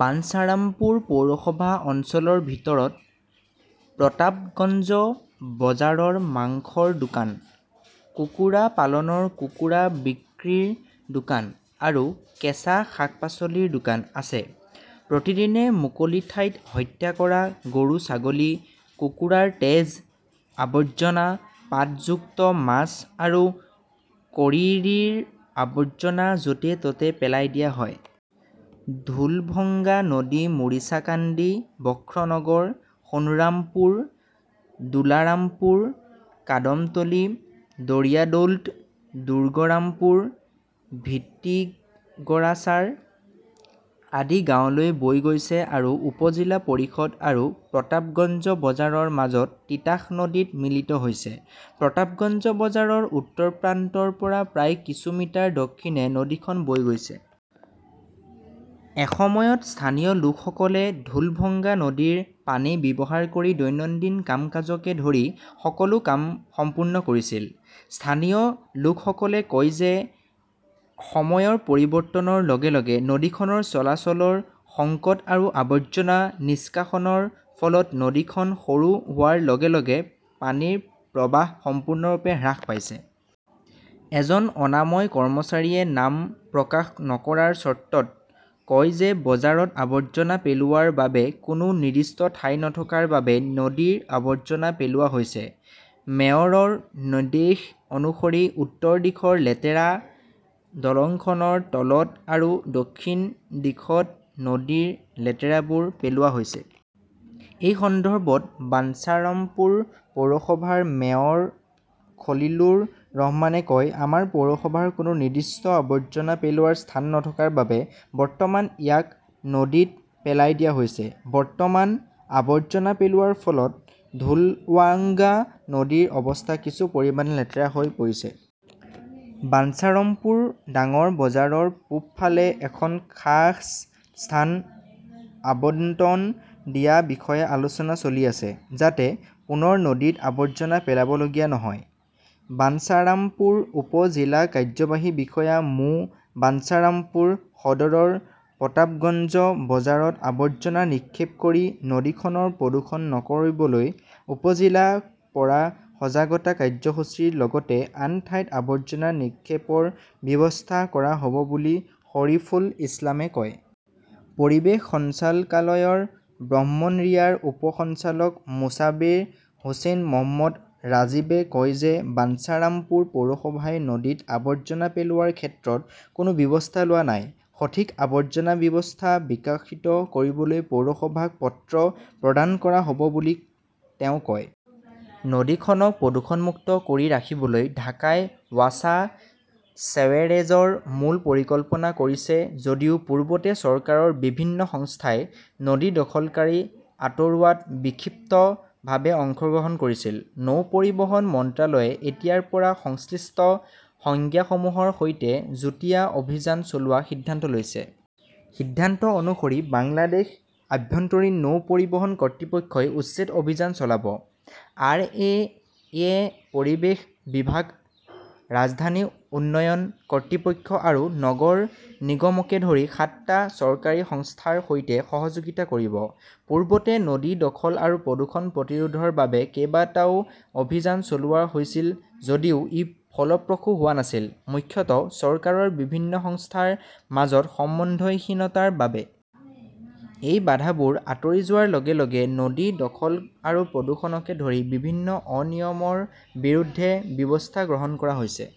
বানচাৰামপুৰ পৌৰসভা অঞ্চলৰ ভিতৰত প্ৰতাপগঞ্জ বজাৰৰ মাংসৰ দোকান, কুকুৰা পালনৰ কুকুৰা বিক্ৰীৰ দোকান আৰু কেঁচা শাক-পাচলিৰ দোকান আছে। প্ৰতিদিনে মুকলি ঠাইত হত্যা কৰা গৰু-ছাগলী, কুকুৰাৰ তেজ, আৱৰ্জনা, পাতযুক্ত মাছ আৰু কৰিৰিৰ আৱৰ্জনা য'তে -ত'তে পেলাই দিয়া হয়। ঢোলভঙ্গা নদী মুৰিচাকাণ্ডি, বখ্ৰনগৰ, সোণৰামপুৰ, দুলাৰামপুৰ, কাদমতলী, দৰিয়াদৌল্ট, দুৰ্গৰামপুৰ, ভিটিগৰাচাৰ আদি গাঁৱলৈ বৈ গৈছে আৰু উপ-জিলা পৰিষদ আৰু প্ৰতাপগঞ্জ বজাৰৰ মাজত তিতাস নদীত মিলিত হৈছে। প্ৰতাপগঞ্জ বজাৰৰ উত্তৰ প্ৰান্তৰ পৰা প্ৰায় কিছু মিটাৰ দক্ষিণে নদীখন বৈ গৈছে। এসময়ত স্থানীয় লোকসকলে ঢোলভঙ্গা নদীৰ পানী ব্যৱহাৰ কৰি দৈনন্দিন কাম-কাজকে ধৰি সকলো কাম সম্পূৰ্ণ কৰিছিল। স্থানীয় লোকসকলে কয় যে সময়ৰ পৰিৱৰ্তনৰ লগে লগে নদীখনৰ চলাচলৰ সংকট আৰু আৱৰ্জনা নিষ্কাশনৰ ফলত নদীখন সৰু হোৱাৰ লগে লগে পানীৰ প্ৰৱাহ সম্পূৰ্ণৰূপে হ্ৰাস পাইছে। এজন অনাময় কৰ্মচাৰীয়ে নাম প্ৰকাশ নকৰাৰ চৰ্তত কয় যে বজাৰত আৱৰ্জনা পেলোৱাৰ বাবে কোনো নিৰ্দিষ্ট ঠাই নথকাৰ বাবে নদীত আৱৰ্জনা পেলোৱা হৈছে। মেয়ৰৰ নিৰ্দেশ অনুসৰি উত্তৰ দিশৰ লেতেৰা দলংখনৰ তলত আৰু দক্ষিণ দিশত নদীৰ লেতেৰাবোৰ পেলোৱা হৈছে। এই সন্দৰ্ভত বাঞ্চাৰমপুৰ পৌৰসভাৰ মেয়ৰ খলিলুৰ ৰহমানে কয়, আমাৰ পৌৰসভাৰ কোনো নিৰ্দিষ্ট আৱৰ্জনা পেলোৱাৰ স্থান নথকাৰ বাবে বৰ্তমান ইয়াক নদীত পেলাই দিয়া হৈছে। বৰ্তমান, আৱৰ্জনা পেলোৱাৰ ফলত ঢোলৱাংগা নদীৰ অৱস্থা কিছু পৰিমাণে লেতেৰা হৈ পৰিছে। বাঞ্চাৰমপুৰ ডাঙৰ বজাৰৰ পূবফালে এখন খাছ স্থান আবণ্টন দিয়াৰ বিষয়ে আলোচনা চলি আছে যাতে পুনৰ নদীত আৱৰ্জনা পেলাবলগীয়া নহয়। বানচাৰামপুৰ উপ-জিলা কাৰ্যবাহী বিষয়া মো. বাঞ্চাৰামপুৰ সদৰৰ প্ৰতাবগঞ্জ বজাৰত আৱৰ্জনা নিক্ষেপ কৰি নদীখনক প্ৰদূষণ নকৰিবলৈ উপ-জিলাৰ পৰা সজাগতা কাৰ্যসূচীৰ লগতে আন ঠাইত আৱৰ্জনা নিক্ষেপৰ ব্যৱস্থা কৰা হ'ব বুলি শৰীফুল ইছলামে কয়। পৰিৱেশ সঞ্চালকালয়ৰ ব্ৰহ্মনৰিয়াৰ উপ সঞ্চালক মোছাবেৰ হোসেন মহম্মদ ৰাজীবে কয় যে বাঞ্চাৰামপুৰ পৌৰসভাই নদীত আৱৰ্জনা পেলোৱাৰ ক্ষেত্ৰত কোনো ব্যৱস্থা লোৱা নাই। সঠিক আৱৰ্জনা ব্যৱস্থা বিকশিত কৰিবলৈ পৌৰসভাক পত্ৰ প্ৰদান কৰা হ'ব বুলি তেওঁ কয়। নদীখনক প্ৰদূষণমুক্ত কৰি ৰাখিবলৈ ঢাকাই ৱাছা ছেৱেৰেজৰ মূল পৰিকল্পনা কৰিছে যদিও পূৰ্বতে চৰকাৰৰ বিভিন্ন সংস্থাই নদী দখলকাৰী আঁতৰোৱাত বিক্ষিপ্তভাৱে অংশগ্ৰহণ কৰিছিল, নৌ পৰিবহণ মন্ত্ৰালয়ে এতিয়াৰ পৰা সংশ্লিষ্ট সংজ্ঞাসমূহৰ সৈতে যুটীয়া অভিযান চলোৱাৰ সিদ্ধান্ত লৈছে। সিদ্ধান্ত অনুসৰি বাংলাদেশ আভ্যন্তৰীণ নৌ পৰিবহণ কৰ্তৃপক্ষই উচ্ছেদ অভিযান চলাব। আৰ. এ. -য়ে পৰিৱেশ বিভাগ, ৰাজধানী উন্নয়ন কৰ্তৃপক্ষ আৰু নগৰ নিগমকে ধৰি সাতটা চৰকাৰী সংস্থাৰ সৈতে সহযোগিতা কৰিব। পূৰ্বতে নদী দখল আৰু প্ৰদূষণ প্ৰতিৰোধৰ বাবে কেইবাটাও অভিযান চলোৱা হৈছিল যদিও ই ফলপ্ৰসূ হোৱা নাছিল, মুখ্যতঃ চৰকাৰৰ বিভিন্ন সংস্থাৰ মাজত সমন্বয়হীনতাৰ বাবে। এই বাধাবোৰ আঁতৰি যোৱাৰ লগে লগে নদী দখল আৰু প্ৰদূষণকে ধৰি বিভিন্ন অনিয়মৰ বিৰুদ্ধে ব্যৱস্থা গ্ৰহণ কৰা হৈছে।